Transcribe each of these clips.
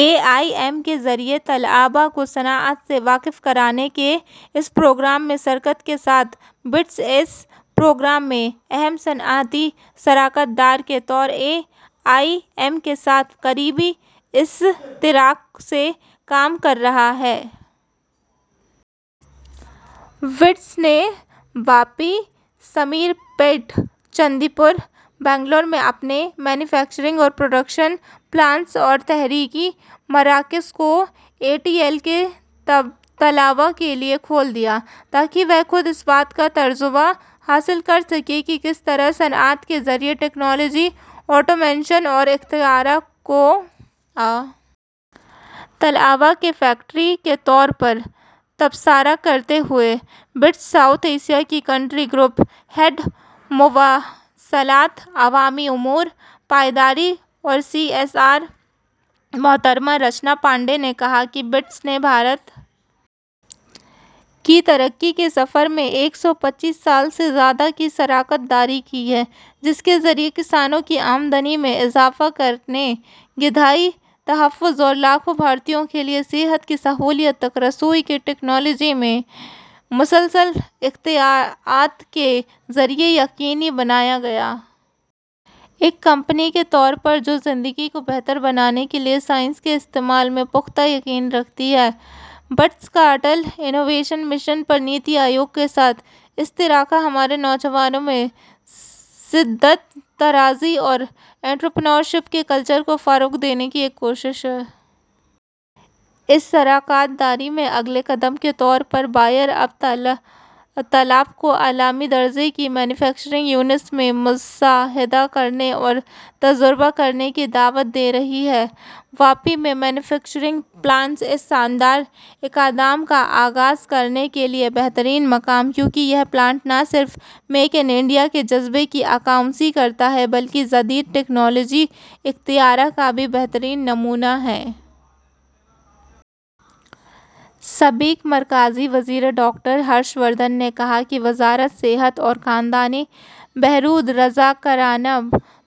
A I M کے ذریعے طلبا کو صنعت سے واقف کرانے کے اس پروگرام میں شرکت کے ساتھ بئیر اس پروگرام میں اہم صنعتی شراکت دار کے طور پر اے آئی ایم کے ساتھ قریبی اشتراک سے کام کر رہا ہے۔ بئیر نے واپی، شمیر پیٹ، چندی پور اور بنگلورو میں اپنے مینوفیکچرنگ اور پروڈکشن پلانٹس اور تحقیقی مراکز کو اے ٹی ایل کے طلبا کے لیے کھول دیا ہے، تاکہ وہ خود اس بات کا تجربہ حاصل کر سکیں کہ کس طرح صنعت کے ذریعے ٹیکنالوجی، آٹومیشن اور اختراع کو استعمال کیا جاتا ہے۔ طلبا کے فیکٹری کے دورے پر تبصرہ کرتے ہوئے بئیر ساؤتھ ایشیا کی کنٹری گروپ ہیڈ، مواصلات، عوامی امور، پائیداری اور سی ایس آر، محترمہ رچنا پانڈا نے کہا کہ بئیر نے بھارت کی ترقی کے سفر میں ایک سو پچیس سال سے زیادہ کی شراکت داری کی ہے، جس کے ذریعے کسانوں کی آمدنی میں اضافہ کرنے، غذائی تحفظ اور لاکھوں بھارتیوں کے لیے صحت کی سہولیات تک رسائی کو ٹیکنالوجی میں مسلسل اختراعات کے ذریعے یقینی بنایا گیا ہے۔ ایک کمپنی کے طور پر، جو زندگی کو بہتر بنانے کے لیے سائنس کے استعمال میں پختہ یقین رکھتی ہے، بئیر کا اٹل انوویشن مشن پر نیتی آیوگ کے ساتھ اشتراک ہمارے نوجوانوں میں جدت طرازی اور انٹرپرینیورشپ کے کلچر کو فروغ دینے کی ایک کوشش ہے۔ اس شراکت داری میں اگلے قدم کے طور پر بئیر اب طلبا کو عالمی درجے کی مینوفیکچرنگ یونٹس میں مشاہدہ کرنے اور تجربہ کرنے کی دعوت دے رہی ہے۔ واپی میں مینوفیکچرنگ پلانٹ اس شاندار اقدام کا آغاز کرنے کے لیے بہترین مقام ہے، کیونکہ یہ پلانٹ نہ صرف میک ان انڈیا کے جذبے کی عکاسی کرتا ہے بلکہ جدید ٹیکنالوجی اور اختراع کا بھی بہترین نمونہ ہے۔ سابق مرکزی وزیر ڈاکٹر ہرش وردھن نے کہا کہ وزارت صحت اور خاندانی بہبود رضا کارانہ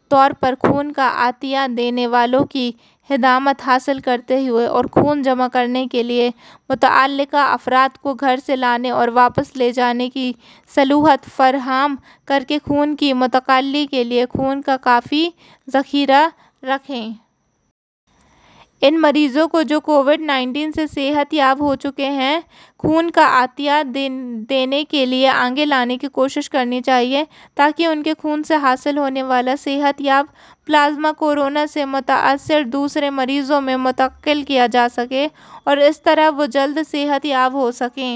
طور پر خون کا عطیہ دینے والوں کی خدمات حاصل کرتے ہوئے اور خون جمع کرنے کے لیے متعلقہ افراد کو گھر سے لانے اور واپس لے جانے کی سہولت فراہم کر کے خون کی منتقلی کے لیے خون کا کافی ذخیرہ رکھے۔ ان مریضوں کو، جو کووڈ انیس سے صحت یاب ہو چکے ہیں، خون کا عطیہ دینے کے لیے آگے لانے کی کوشش کرنی چاہیے، تاکہ ان کے خون سے حاصل ہونے والا صحت یاب پلازما کورونا سے متاثرہ دوسرے مریضوں میں منتقل کیا جا سکے اور اس طرح وہ جلد صحت یاب ہو سکیں۔